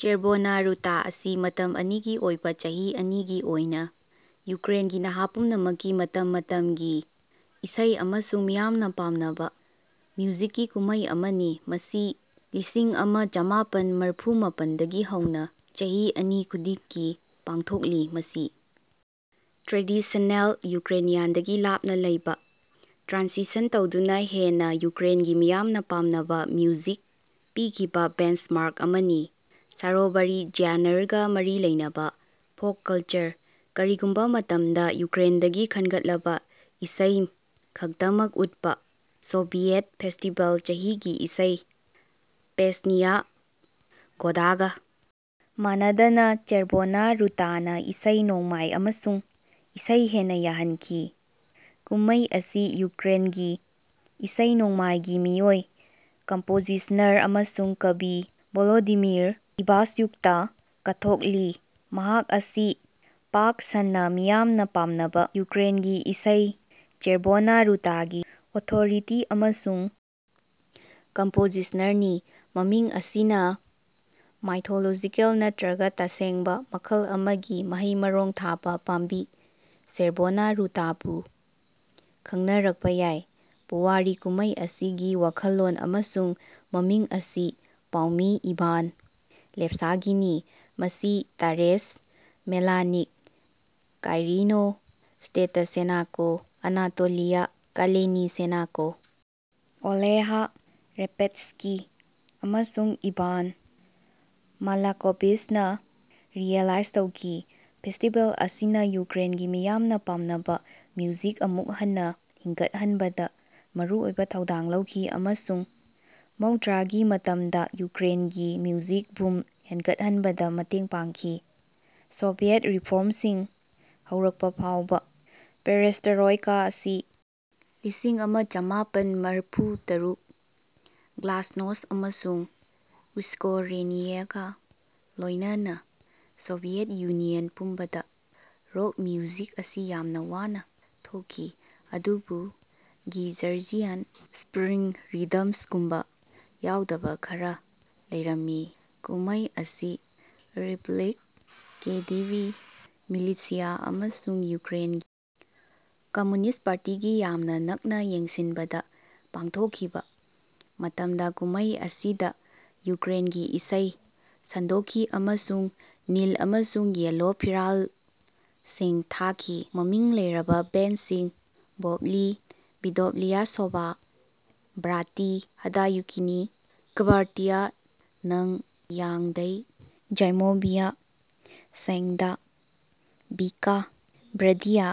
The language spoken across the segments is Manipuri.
ꯆꯦꯔꯚꯣꯅꯥ ꯔꯨꯇꯥ ꯑꯁꯤ ꯃꯇꯝ ꯑꯅꯤꯒꯤ ꯑꯣꯏꯕꯥ ꯆꯍꯤ ꯑꯅꯤꯒꯤ ꯑꯣꯏꯅꯥ ꯌꯨꯀ꯭ꯔꯦꯟꯒꯤ ꯅꯍꯥ ꯄꯨꯝꯅꯃꯛꯀꯤ ꯃꯇꯝ ꯃꯇꯝꯒꯤ ꯏꯁꯩ ꯑꯃꯁꯨꯡ ꯃꯤꯌꯥꯝꯅꯥ ꯄꯥꯝꯅꯕꯥ ꯃ꯭ꯌꯨꯖꯤꯛꯀꯤ ꯀꯨꯝꯃꯩ ꯑꯃꯅꯤ ꯃꯁꯤ ꯂꯤꯁꯤꯡ ꯑꯃ ꯆꯃꯥꯄꯟ ꯃꯔꯐꯨ ꯃꯥꯄꯟꯗꯒꯤ ꯍꯧꯅꯥ ꯆꯍꯤ ꯑꯅꯤ ꯈꯨꯗꯤꯡꯒꯤ ꯄꯥꯡꯊꯣꯛꯂꯤ ꯃꯁꯤ ꯇ꯭ꯔꯦꯗꯤꯁꯟꯅꯦꯜ ꯌꯨꯀ꯭ꯔꯦꯅꯤꯌꯥꯟꯗꯒꯤ ꯂꯥꯞꯅꯥ ꯂꯩꯕꯥ ꯇ꯭ꯔꯥꯟꯁꯤꯁꯟ ꯇꯧꯗꯨꯅꯥ ꯍꯦꯟꯅꯥ ꯌꯨꯀ꯭ꯔꯦꯟꯒꯤ ꯃꯤꯌꯥꯝꯅꯥ ꯄꯥꯝꯅꯕꯥ ꯃ꯭ꯌꯨꯖꯤꯛ ꯄꯤꯈꯤꯕꯥ ꯕꯦꯟꯆꯃꯥꯔꯛ ꯑꯃꯅꯤ꯫ ꯁꯥꯔꯣꯚꯥꯔꯤ ꯖ꯭ꯌꯥꯅꯔꯒꯥ ꯃꯔꯤ ꯂꯩꯅꯕꯥ ꯐꯣꯛ ꯀꯂꯆꯔ꯫ ꯀꯔꯤꯒꯨꯝꯕꯥ ꯃꯇꯝꯗꯥ ꯌꯨꯀ꯭ꯔꯦꯟꯗꯒꯤ ꯈꯟꯒꯠꯂꯕꯥ ꯏꯁꯩ ꯈꯛꯇꯃꯛ ꯎꯠꯄꯥ ꯁꯣꯚꯤꯌꯦꯠ ꯐꯦꯁꯇꯤꯕꯦꯜ ꯆꯍꯤꯒꯤ ꯏꯁꯩ ꯄꯦꯁꯅꯤꯌꯥ ꯒꯣꯗꯥꯒꯥ ꯃꯥꯟꯅꯗꯅꯥ ꯆꯦꯔꯚꯣꯅꯥ ꯔꯨꯇꯥꯅꯥ ꯏꯁꯩ ꯅꯣꯡꯃꯥꯏ ꯑꯃꯁꯨꯡ ꯏꯁꯩ ꯍꯦꯟꯅꯥ ꯌꯥꯍꯟꯈꯤ꯫ ꯀꯨꯝꯃꯩ ꯑꯁꯤ ꯌꯨꯀ꯭ꯔꯦꯟꯒꯤ ꯏꯁꯩ ꯅꯣꯡꯃꯥꯏꯒꯤ ꯃꯤꯑꯣꯏ ꯀꯝꯄꯣꯖꯤꯁꯅꯔ ꯑꯃꯁꯨꯡ ꯀꯕꯤ ꯚꯣꯂꯣꯗꯤꯃꯤꯔ ꯏꯚꯥꯁꯌꯨꯛꯇꯥ ꯀꯠꯊꯣꯛꯂꯤ ꯃꯍꯥꯛ ꯑꯁꯤ ꯄꯥꯛ ꯁꯟꯅꯥ ꯃꯤꯌꯥꯝꯅꯥ ꯄꯥꯝꯅꯕꯥ ꯌꯨꯀ꯭ꯔꯦꯟꯒꯤ ꯏꯁꯩ ꯆꯦꯔꯚꯣꯅꯥ ꯔꯨꯇꯥꯒꯤ ꯑꯣꯊꯣꯔꯤꯇꯤ ꯑꯃꯁꯨꯡ ꯀꯝꯄꯣꯖꯤꯁꯅꯔꯅꯤ꯫ ꯃꯃꯤꯡ ꯑꯁꯤꯅꯥ ꯃꯥꯏꯊꯣꯂꯣꯖꯤꯀꯦꯜ ꯅꯠꯇ꯭ꯔꯒꯥ ꯇꯁꯦꯡꯕꯥ ꯃꯈꯜ ꯑꯃꯒꯤ ꯃꯍꯩ ꯃꯔꯣꯡ ꯊꯥꯕꯥ ꯄꯥꯝꯕꯤ ꯆꯦꯔꯚꯣꯅꯥ ꯔꯨꯇꯥꯕꯨ ꯈꯪꯅꯔꯛꯄꯥ ꯌꯥꯏ꯫ ꯄꯨꯋꯥꯔꯤ ꯀꯨꯝꯃꯩ ꯑꯁꯤꯒꯤ ꯋꯥꯈꯜꯂꯣꯟ ꯑꯃꯁꯨꯡ ꯃꯃꯤꯡ ꯑꯁꯤ ꯄꯥꯎꯃꯤ ꯏꯚꯥꯟ ꯂꯦꯞꯁꯥꯒꯤꯅꯤ ꯃꯁꯤ ꯇꯥꯔꯥꯁ ꯃꯦꯂꯅꯤꯛ ꯀꯥꯏꯔꯤꯂꯣ ꯁ꯭ꯇꯦꯇꯁꯦꯅꯀꯣ ꯑꯅꯥꯇꯣꯂꯤꯌ ꯀꯥꯂꯦꯅꯤꯆꯦꯅꯀꯣ ꯑꯣꯂꯦꯍ ꯔꯦꯄꯦꯠꯁ꯭ꯀꯤ ꯑꯃꯁꯨꯡ ꯏꯚꯥꯟ ꯃꯥꯂꯀꯣꯚꯤꯆꯅꯥ ꯔꯤꯑꯦꯂꯥꯏꯖ ꯇꯧꯈꯤ꯫ ꯐꯦꯁꯇꯤꯕꯦꯜ ꯑꯁꯤꯅꯥ ꯌꯨꯀ꯭ꯔꯦꯟꯒꯤ ꯃꯤꯌꯥꯝꯅꯥ ꯄꯥꯝꯅꯕꯥ ꯃ꯭ꯌꯨꯖꯤꯛ ꯑꯃꯨꯛ ꯍꯟꯅꯥ ꯍꯤꯡꯒꯠꯍꯟꯕꯗꯥ ꯃꯔꯨꯑꯣꯏꯕꯥ ꯊꯧꯗꯥꯡ ꯂꯧꯈꯤ ꯑꯃꯁꯨꯡ ꯃꯧꯗ꯭ꯔꯥꯒꯤ ꯃꯇꯝꯗꯥ ꯌꯨꯀ꯭ꯔꯦꯟꯒꯤ ꯃ꯭ꯌꯨꯖꯤꯛ ꯕꯨꯝ ꯍꯦꯟꯒꯠꯍꯟꯕꯗꯥ ꯃꯇꯦꯡ ꯄꯥꯡꯈꯤ꯫ ꯁꯣꯚꯤꯌꯦꯠ ꯔꯤꯐꯣꯔꯝꯁꯤꯡ ꯍꯧꯔꯛꯄꯐꯥꯎꯕꯥ ꯄꯦꯔꯦꯁ꯭ꯠꯔꯣꯏꯀꯥ ꯑꯁꯤ ꯂꯤꯁꯤꯡ ꯑꯃꯆꯃꯥꯄꯟꯃꯔꯐꯨ ꯇꯔꯨꯛ ꯒ꯭ꯂꯥꯁꯅꯣꯁ꯭ꯠ ꯑꯃꯁꯨꯡ ꯎꯁ꯭ꯀꯣꯔꯦꯅꯤꯌꯦꯒꯥ ꯂꯣꯏꯅꯅꯥ ꯁꯣꯚꯤꯌꯦꯠ ꯌꯨꯅꯤꯌꯟ ꯄꯨꯝꯕꯗꯥ ꯔꯣꯛ ꯃ꯭ꯌꯨꯖꯤꯛ ꯑꯁꯤ ꯌꯥꯝꯅꯥ ꯋꯥꯅꯥ ꯊꯣꯛꯈꯤ꯫ ꯑꯗꯨꯕꯨ ꯒꯤ ꯖꯔꯖꯤꯌꯥꯟ ꯁ꯭ꯞꯔꯤꯡ ꯔꯤꯗꯃꯁꯒꯨꯝꯕꯥ ꯌꯥꯎꯗꯕꯥ ꯈꯔꯥ ꯂꯩꯔꯝꯃꯤ꯫ ꯀꯨꯝꯃꯩ ꯑꯁꯤ ꯔꯤꯄꯕ꯭ꯂꯤꯛ ꯀꯦ ꯗꯤ ꯕꯤ ꯃꯤꯂꯤꯠꯁꯤꯌꯥ ꯑꯃꯁꯨꯡ ꯌꯨꯀ꯭ꯔꯦꯟꯒꯤ ꯀꯝꯃ꯭ꯌꯨꯅꯤꯁ꯭ꯠ ꯄꯥꯔꯇꯤꯒꯤ ꯌꯥꯝꯅꯥ ꯅꯛꯅꯥ ꯌꯦꯡꯁꯤꯟꯕꯗꯥ ꯄꯥꯡꯊꯣꯛꯈꯤꯕꯥ ꯃꯇꯝꯗꯥ ꯀꯨꯝꯃꯩ ꯑꯁꯤꯗꯥ ꯌꯨꯀ꯭ꯔꯦꯟꯒꯤ ꯏꯁꯩ ꯁꯟꯗꯣꯛꯈꯤ ꯑꯃꯁꯨꯡ ꯅꯤꯜ ꯑꯃꯁꯨꯡ ꯌꯦꯜꯂꯣ ꯐꯤꯔꯥꯜꯁꯤꯡ ꯊꯥꯈꯤ꯫ ꯃꯃꯤꯡ ꯂꯩꯔꯕꯥ ꯕꯦꯟꯗꯁꯤꯡ ꯚꯣꯞꯂꯤ ꯚꯤꯗꯣꯞꯂꯤꯌꯥꯁꯣꯚꯥ ꯕ꯭ꯔꯥꯇꯤ ꯍꯥꯗꯌꯨꯀꯤꯅꯤ ꯀ꯭ꯕꯥꯔꯇꯤꯔꯥ ꯅꯪ ꯌꯥꯡꯗꯩ ꯖꯥꯏꯃꯣꯚꯤꯌ ꯁꯦꯗ ꯚꯤꯀꯥ ꯕ꯭ꯔꯗꯤꯌ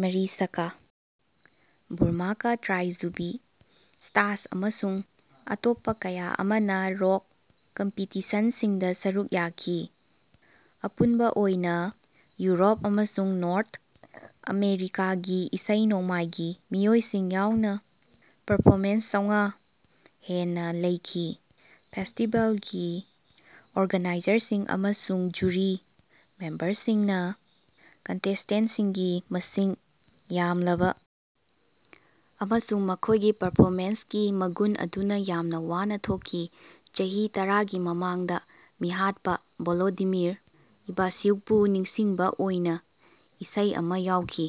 ꯃꯔꯤꯆꯀꯥ ꯕꯨꯔꯃꯥꯀꯥ ꯇ꯭ꯔꯥꯏꯖꯨꯕꯤ ꯁ꯭ꯇꯥꯁ ꯑꯃꯁꯨꯡ ꯑꯇꯣꯞꯄꯥ ꯀꯌꯥ ꯑꯃꯅꯥ ꯔꯣꯛ ꯀꯝꯄꯤꯇꯤꯁꯟꯁꯤꯡꯗꯥ ꯁꯔꯨꯛ ꯌꯥꯈꯤ꯫ ꯑꯄꯨꯟꯕꯥ ꯑꯣꯏꯅꯥ ꯌꯨꯔꯣꯞ ꯑꯃꯁꯨꯡ ꯅꯣꯔꯊ ꯑꯥꯃꯦꯔꯤꯀꯥꯒꯤ ꯏꯁꯩ ꯅꯣꯡꯃꯥꯏꯒꯤ ꯃꯤꯑꯣꯏꯁꯤꯡ ꯌꯥꯎꯅꯥ ꯄꯔꯐꯣꯔꯃꯦꯟꯁ ꯆꯧꯉꯥ ꯍꯦꯟꯅꯥ ꯂꯩꯈꯤ꯫ ꯐꯦꯁꯇꯤꯕꯦꯜꯒꯤ ꯑꯣꯔꯒꯥꯅꯥꯏꯖꯔꯁꯤꯡ ꯑꯃꯁꯨꯡ ꯖꯨꯔꯤ ꯃꯦꯝꯕꯔꯁꯤꯡꯅꯥ ꯀꯟꯇꯦꯁ꯭ꯇꯦꯟꯠꯁꯤꯡꯒꯤ ꯃꯁꯤꯡ ꯌꯥꯝꯂꯕꯥ ꯑꯃꯁꯨꯡ ꯃꯈꯣꯏꯒꯤ ꯄꯔꯐꯣꯃꯦꯟꯁꯀꯤ ꯃꯒꯨꯟ ꯑꯗꯨꯅꯥ ꯌꯥꯝꯅꯥ ꯋꯥꯅꯥ ꯊꯣꯛꯈꯤ꯫ ꯆꯍꯤ ꯇꯔꯥꯒꯤ ꯃꯃꯥꯡꯗꯥ ꯃꯤꯍꯥꯠꯄꯥ ꯚꯣꯂꯣꯗꯤꯃꯤꯔ ꯏꯚꯥꯁ꯭ꯌꯨꯀꯄꯨ ꯅꯤꯡꯁꯤꯡꯕꯥ ꯑꯣꯏꯅꯥ ꯏꯁꯩ ꯑꯃꯥ ꯌꯥꯎꯈꯤ꯫